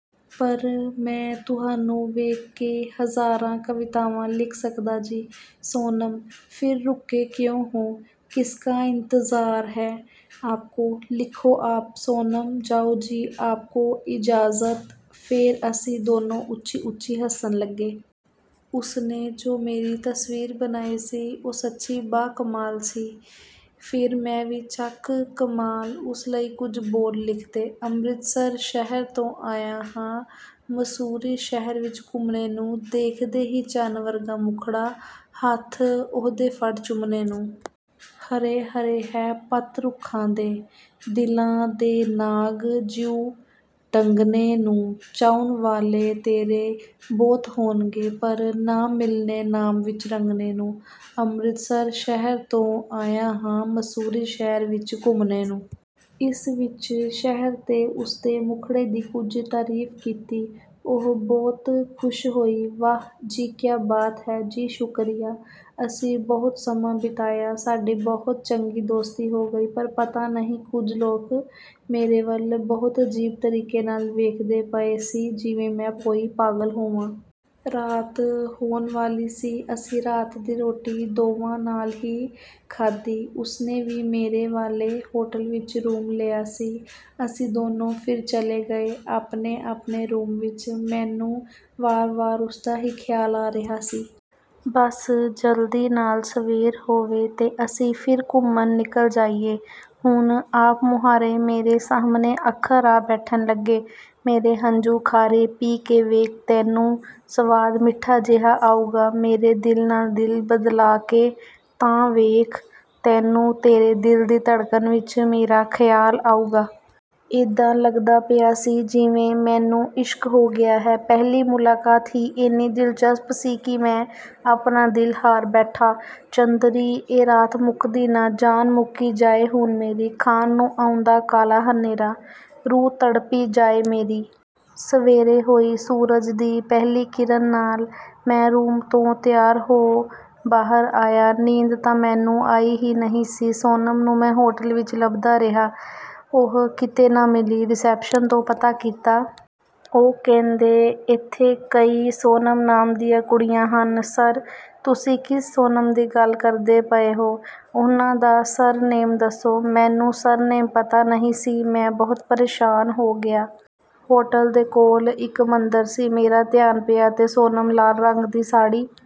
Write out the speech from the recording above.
ਪਰ ਮੈਂ ਤੁਹਾਨੂੰ ਵੇਖ ਕੇ ਹਜ਼ਾਰਾਂ ਕਵਿਤਾਵਾਂ ਲਿਖ ਸਕਦਾ ਜੀ। ਸੋਨਮ: ਫਿਰ ਰੁਕੇ ਕਿਉਂ ਹੋ? ਕਿਸਕਾ ਇੰਤਜ਼ਾਰ ਹੈ ਆਪਕੋ? ਲਿਖੋ ਆਪ। ਸੋਨਮ: "ਜਾਓ ਜੀ, ਆਪਕੋ ਇਜਾਜ਼ਤ।" ਫੇਰ ਅਸੀਂ ਦੋਨੋਂ ਉੱਚੀ-ਉੱਚੀ ਹੱਸਣ ਲੱਗੇ। ਉਸਨੇ ਜੋ ਮੇਰੀ ਤਸਵੀਰ ਬਣਾਈ ਸੀ, ਉਹ ਸੱਚੀ ਬਾ-ਕਮਾਲ ਸੀ। ਫੇਰ ਮੈਂ ਵੀ ਚੱਕ ਕਮਾਲ, ਉਸ ਲਈ ਕੁਝ ਬੋਲ ਲਿਖਤੇ: "ਅੰਮ੍ਰਿਤਸਰ ਸ਼ਹਿਰ ਤੋਂ ਆਇਆ ਹਾਂ, ਮਸੂਰੀ ਸ਼ਹਿਰ ਵਿੱਚ ਘੁੰਮਣੇ ਨੂੰ, ਦੇਖ ਦੇ ਹੀ ਚੰਨ ਵਰਗਾ ਮੁੱਖੜਾ, ਹੱਥ ਉਹਦੇ ਫੜ ਚੁੰਮਣੇ ਨੂੰ। ਹਰੇ-ਹਰੇ ਹੈ ਪੱਤ ਰੁੱਖਾਂ ਦੇ, ਦਿਲਾਂ ਦੇ ਨਾਗ ਜਿਉਂ ਡੰਗਣੇ ਨੂੰ, ਚਾਹੁਣ ਵਾਲੇ ਤੇਰੇ ਬਹੁਤ ਹੋਣਗੇ, ਪਰ ਨਾ ਮਿਲਣੇ ਨਾਮ ਵਿੱਚ ਰੰਗਣੇ ਨੂੰ। ਅੰਮ੍ਰਿਤਸਰ ਸ਼ਹਿਰ ਤੋਂ ਆਇਆ ਹਾਂ, ਮਸੂਰੀ ਸ਼ਹਿਰ ਵਿੱਚ ਘੁੰਮਣੇ ਨੂੰ।" ਇਸ ਵਿੱਚ ਸ਼ਹਿਰ ਤੇ ਉਸਦੇ ਮੁੱਖੜੇ ਦੀ ਕੁਝ ਤਾਰੀਫ਼ ਕੀਤੀ। ਉਹ ਬਹੁਤ ਖੁਸ਼ ਹੋਈ। "ਵਾਅਹ! ਜੀ, ਕਿਆ ਬਾਤ ਹੈ।" "ਜੀ, ਸ਼ੁਕਰੀਆ।" ਅਸੀਂ ਬਹੁਤ ਸਮਾਂ ਬਿਤਾਇਆ, ਸਾਡੀ ਬਹੁਤ ਚੰਗੀ ਦੋਸਤੀ ਹੋ ਗਈ। ਪਰ ਪਤਾ ਨਹੀਂ ਕੁਝ ਲੋਕ ਮੇਰੇ ਵੱਲ ਬਹੁਤ ਅਜੀਬ ਤਰੀਕੇ ਨਾਲ ਵੇਖਦੇ ਪਏ ਸੀ, ਜਿਵੇਂ ਮੈਂ ਕੋਈ ਪਾਗਲ ਹੋਵਾਂ। ਰਾਤ ਹੋਣ ਵਾਲੀ ਸੀ। ਅਸੀਂ ਰਾਤ ਦੀ ਰੋਟੀ ਦੋਵਾਂ ਨਾਲ ਹੀ ਖਾਧੀ। ਉਸਨੇ ਵੀ ਮੇਰੇ ਵਾਲੇ ਹੋਟਲ ਵਿੱਚ ਰੂਮ ਲਿਆ ਸੀ। ਅਸੀਂ ਦੋਨੋਂ ਫਿਰ ਚਲੇ ਗਏ, ਆਪਣੇ-ਆਪਣੇ ਰੂਮ ਵਿੱਚ। ਮੈਨੂੰ ਵਾਰ-ਵਾਰ ਉਸਦਾ ਹੀ ਖਿਆਲ ਆ ਰਿਹਾ ਸੀ। ਬੱਸ ਜਲਦੀ ਨਾਲ ਸਵੇਰ ਹੋਵੇ ਤੇ ਅਸੀਂ ਫਿਰ ਘੁੰਮਣ ਨਿਕਲ ਜਾਈਏ। ਹੁਣ ਆਪ-ਮੁਹਾਰੇ ਮੇਰੇ ਸਾਹਮਣੇ ਅੱਖਰ ਆ ਬੈਠਣ ਲੱਗੇ। "ਮੇਰੇ ਹੰਝੂ ਖਾਰੇ ਪੀ ਕੇ ਵੇਖ, ਤੈਨੂੰ ਸਵਾਦ ਮਿੱਠਾ ਜਿਹਾ ਆਉਗਾ, ਮੇਰੇ ਦਿਲ ਨਾਲ ਦਿਲ ਬਦਲਾ ਕੇ ਤਾਂ ਵੇਖ, ਤੈਨੂੰ ਤੇਰੀ ਦਿਲ ਦੀ ਧੜਕਣ ਵਿੱਚ ਮੇਰਾ ਖਿਆਲ ਆਉਗਾ।" ਏਦਾਂ ਲੱਗਦਾ ਪਿਆ ਸੀ, ਜਿਵੇਂ ਮੈਨੂੰ ਇਸ਼ਕ ਹੋ ਗਿਆ ਹੈ। ਪਹਿਲੀ ਮੁਲਾਕਾਤ ਹੀ ਏਨੀ ਦਿਲਚਸਪ ਸੀ ਕਿ ਮੈਂ ਆਪਣਾ ਦਿਲ ਹਾਰ ਬੈਠਾਂ। "ਚੰਦਰੀ ਏ ਰਾਤ ਮੁੱਕਦੀ ਨਾ, ਜਾਨ ਮੁੱਕੀ ਜਾਏ ਹੁਣ ਮੇਰੀ। ਖਾਣ ਨੂੰ ਆਉਂਦਾ ਕਾਲਾ ਹਨੇਰਾ, ਰੂਹ ਤੜਪੀ ਜਾਏ ਮੇਰੀ।" ਸਵੇਰੇ ਹੋਈ ਸੂਰਜ ਦੀ ਪਹਿਲੀ ਕਿਰਣ ਨਾਲ ਮੈਂ ਰੂਮ ਤੋਂ ਤਿਆਰ ਹੋ ਬਾਹਰ ਆਇਆ। ਨੀਂਦ ਤਾਂ ਮੈਨੂੰ ਆਈ ਹੀ ਨਹੀਂ ਸੀ। ਸੋਨਮ ਨੂੰ ਮੈਂ ਹੋਟਲ ਵਿੱਚ ਲੱਭਦਾ ਰਿਹਾ, ਉਹ ਕਿਤੇ ਨਾ ਮਿਲੀ। ਰਿਸੈਪਸ਼ਨ ਤੋਂ ਪਤਾ ਕੀਤਾ। ਉਹ ਕਹਿੰਦੇ, "ਏਥੇ ਕਈ ਸੋਨਮ ਨਾਮ ਦੀਆਂ ਕੁੜੀਆਂ ਹਨ, ਸਰ। ਤੁਸੀਂ ਕਿਸ ਸੋਨਮ ਦੀ ਗੱਲ ਕਰਦੇ ਪਏ ਹੋ? ਉਹਨਾਂ ਦਾ ਸਰ ਨੇਮ ਦੱਸੋ।" ਮੈਨੂੰ ਸਰ ਨੇਮ ਪਤਾ ਨਹੀਂ ਸੀ। ਮੈਂ ਬਹੁਤ ਪਰੇਸ਼ਾਨ ਹੋ ਗਿਆ। ਹੋਟਲ ਦੇ ਕੋਲ ਇੱਕ ਮੰਦਰ ਸੀ। ਮੇਰਾ ਧਿਆਨ ਪਿਆ ਤੇ ਸੋਨਮ ਲਾਲ ਰੰਗ ਦੀ ਸਾੜੀ...